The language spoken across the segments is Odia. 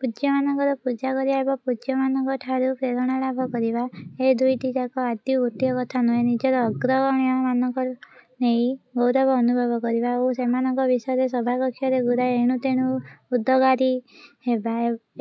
ପୂଜ୍ୟମାନଙ୍କର ପୂଜା କରିବା ଏବଂ ପୂଜ୍ୟମାନଙ୍କ ଠାରୁ ପ୍ରେରଣା ଲାଭ କରିବା, ଏ ଦୁଇଟିଯାକ ଆଦୌ ଗୋଟିଏ କଥା ନୁହେଁ। ନିଜର ଅଗ୍ରଗଣ୍ୟମାନଙ୍କୁ ନେଇ ଗୌରବ ଅନୁଭବ କରିବା ଓ ସେମାନଙ୍କ ବିଷୟରେ ସଭାକକ୍ଷରେ ଗୁରାଏ ଏଣୁ ତେଣୁ ଉଦଗାରି ହେବା,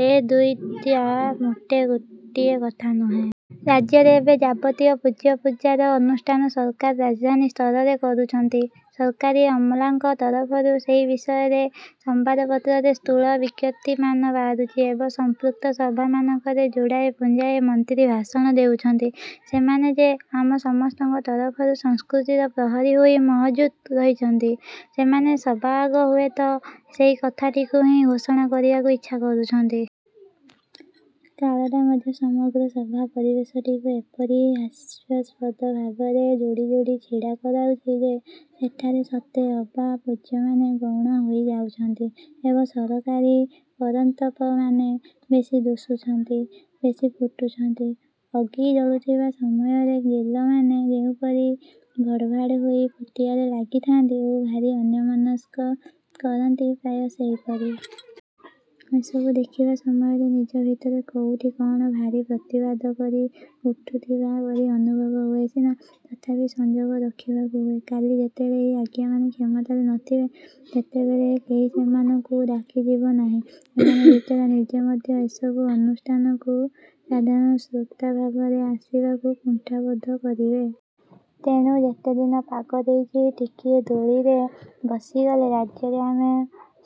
ଏ ଦୁଇଟା ମୋଟେ ଗୋଟିଏ କଥା ନୁହେଁ। ରାଜ୍ୟରେ ଏବେ ଯାବତୀୟ ପୂଜ୍ୟ ପୂଜାର ଅନୁଷ୍ଠାନ ସରକାର ରାଜଧାନୀ ସ୍ତରରେ କରୁଛନ୍ତି। ସରକାରୀ ଅମଲାଙ୍କ ତରଫରୁ ସେହି ବିଷୟରେ ସମ୍ବାଦପତ୍ରରେ ସ୍ଥୂଳ ବିଜ୍ଞପ୍ତିମାନ ବାହାରୁଛି। ଏବଂ ସମ୍ପୃକ୍ତ ସଭାମାନଙ୍କରେ ଯୋଡ଼ାଏ ପୁଞ୍ଜାଏ ମନ୍ତ୍ରୀ ଭାଷଣ ଦେଉଛନ୍ତି। ସେମାନେ ଯେ ଆମ ସମସ୍ତଙ୍କ ତରଫରୁ ସଂସ୍କୃତିର ପ୍ରହରୀ ହୋଇ ମହଜୁଦ ରହିଛନ୍ତି, ସେମାନେ ସବାଆଗ ହୁଏତ ସେହି କଥାଟିକୁ ହିଁ ଘୋଷଣା କରିବାକୁ ଇଚ୍ଛା କରୁଛନ୍ତି। କାଳଟା ମଧ୍ୟ ସମଗ୍ର ସଭା ପରିବେଶଟିକୁ ଏପରି ହାସ୍ୟାସ୍ପଦ ଭାବରେ ଯୋଡ଼ି ଯୋଡ଼ି ଛିଡ଼ା କରାଉଛି ଯେ, ସେଠାରେ ସତେ ଅବା ପୂଜ୍ୟମାନେ ଗୌଣ ହୋଇ ଯାଉଛନ୍ତି ଏବଂ ସରକାରୀ ପରଂତପମାନେ ବେଶୀ ଦୁଶୁଛନ୍ତି, ବେଶୀ ଫୁଟୁଛନ୍ତି। ଅଗି ଜଳୁଥିବା ସମୟରେ ଗିଲମାନେ ଯେଉଁପରି ଭଡ଼ଭାଡ଼ ହୋଇ ଫୁଟିବାରେ ଲାଗିଥାନ୍ତି ଓ ଭାରି ଅନ୍ୟମନସ୍କ କରନ୍ତି ପ୍ରାୟ ସେହିପରି। ଏସବୁ ଦେଖିବା ସମୟରେ ନିଜ ଭିତରେ କୋଉଠି କଣ ଭାରି ପ୍ରତିବାଦ କରି ଉଠୁଥିବା ପରି ଅନୁଭବ ହୁଏ ସିନା ତଥାପି ସଂଯୋଗ ରଖିବାକୁ ହୁଏ। କାଲି ଯେତେବେଳେ ଏହି ଆଜ୍ଞାମାନେ କ୍ଷମତାରେ ନଥିବେ, ସେତେବେଳେ କେହି ସେମାନଙ୍କୁ ଡାକିଯିବ ନାହିଁ, ସେମାନେ ବିଚରା ନିଜେ ମଧ୍ୟ ଏସବୁ ଅନୁଷ୍ଠାନକୁ ସାଧାରଣ ଶ୍ରୋତା ଭାବରେ ଆସିବାକୁ କୁଣ୍ଠାବୋଧ କରିବେ। ତେଣୁ ଯେତେଦିନ ପାଗ ଦେଇଛି, ଟିକିଏ ଦୋଳିରେ ବସିଗଲେ ରାଜ୍ୟରେ ଆମ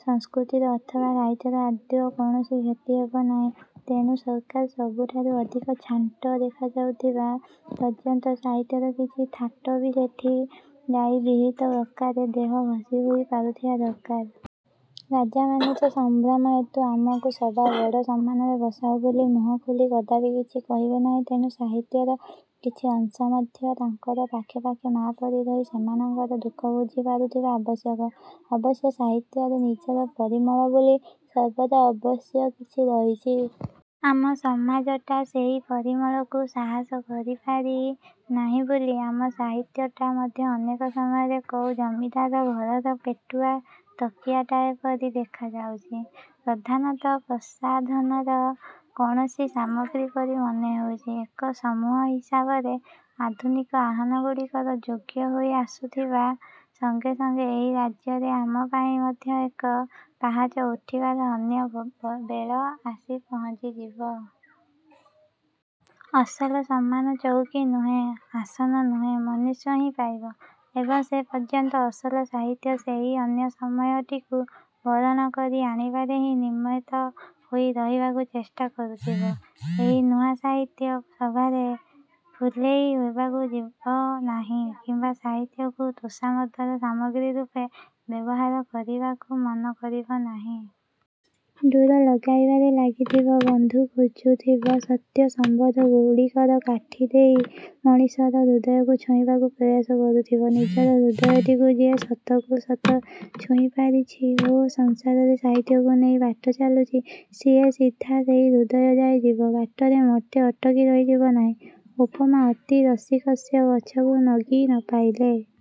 ସଂସ୍କୃତିର ଅଥବା ସାହିତ୍ୟର ଆଦୌ କୌଣସି କ୍ଷତି ହେବନାହିଁ। ତେଣୁ ସରକାର ସବୁଠାରୁ ଅଧିକ ଛାଣ୍ଟ ଦେଖାଯାଉଥିବା ପର୍ଯ୍ୟନ୍ତ ସାହିତ୍ୟର କିଛି ଥାଟ ବି ସେଠି ଯାଇ ବିହିତ ପ୍ରକାରେ ଦେହ ଘଷି ହୋଇ ପାରୁଥିବା ଦରକାର। ରାଜାମାନେ ତ ସମ୍ଭ୍ରମ ହେତୁ ଆମକୁ ସବା ବଡ଼ ସମ୍ମାନରେ ବସାଅ ବୋଲି ମୁହଁ ଖୋଲି କଦାପି କିଛି କହିବେ ନାହିଁ, ତେଣୁ ସାହିତ୍ୟର କିଛି ଅଂଶ ମଧ୍ୟ ତାଙ୍କର ପାଖେ ପାଖେ ମାଆ ପରି ରହି ସେମାନଙ୍କର ଦୁଃଖ ବୁଝିପାରୁଥିବା ଆବଶ୍ୟକ। ଅବଶ୍ୟ ସାହିତ୍ୟରେ ନିଜର ପରିମଳ ବୋଲି ସର୍ବଦା ଅବଶ୍ୟ କିଛି ରହିଛି। ଆମ ସମାଜଟା ସେହି ପରିମଳକୁ ସାହସ କରିପାରି ନାହିଁ ବୋଲି ଆମ ସାହିତ୍ୟଟା ମଧ୍ୟ ଅନେକ ସମୟରେ କୋଉ ଜମିଦାର ଘରର ପେଟୁଆ ତକିଆଟାଏ ପରି ଦେଖାଯାଉଛି। ପ୍ରଧାନତଃ ପ୍ରସାଧନର କୌଣସି ସାମଗ୍ରୀ ପରି ମନେହେଉଛି। ଏକ ସମୂହ ହିସାବରେ ଆଧୁନିକ ଆହ୍ୱାନଗୁଡ଼ିକର ଯୋଗ୍ୟ ହୋଇ ଆସୁଥିବା ସଂଗେ ସଂଗେ ଏହି ରାଜ୍ୟରେ ଆମ ପାଇଁ ମଧ୍ୟ ଏକ ପାହାଚ ଉଠିବାର ଅନ୍ୟ ବେଳ ଆସି ପହଞ୍ଚିଯିବ। ଅସଲ ସମ୍ମାନ ଚଉକି ନୁହେଁ, ଆସନ ନୁହେଁ, ମନୁଷ୍ୟ ହିଁ ପାଇବ। ଏବଂ ସେ ପର୍ଯ୍ୟନ୍ତ ଅସଲ ସାହିତ୍ୟ ସେହି ଅନ୍ୟ ସମୟଟିକୁ ବରଣ କରି ଆଣିବାରେ ହିଁ ନିମିତ୍ତ ହୋଇ ରହିବାକୁ ଚେଷ୍ଟା କରୁଥିବ। ଏହି ନୂଆ ସାହିତ୍ୟ ସଭାରେ ଫୁଲେଇ ହେବାକୁ ଯିବନାହିଁ କିମ୍ବା ସାହିତ୍ୟକୁ ତୋଷାମଦର ସାମଗ୍ରୀ ରୂପେ ବ୍ୟବହାର କରିବାକୁ ମନ କରିବ ନାହିଁ। ଡୋର ଲଗାଇବାରେ ଲାଗିଥିବ, ବନ୍ଧୁ ଖୋଜୁଥିବ, ସତ୍ୟ ସମ୍ବନ୍ଧ ଗୁଡ଼ିକର କାଠି ଦେଇ ମଣିଷର ହୃଦୟକୁ ଛୁଇଁବାକୁ ପ୍ରୟାସ କରୁଥିବ। ନିଜର ହୃଦୟଟିକୁ ଯିଏ ସତକୁ ସତ ଛୁଇଁପାରିଛି ଓ ସଂସାରରେ ସାହିତ୍ୟକୁ ନେଇ ବାଟ ଚାଲୁଛି, ସିଏ ସିଧା ସେହି ହୃଦୟ ଯାଏ ଯିବ। ବାଟରେ ମୋଟେ ଅଟକି ରହିଯିବ ନାହିଁ । ଉପମା ଅତିରସିକସ୍ୟ ଗଛକୁ ନଗି ନପାଇଲେ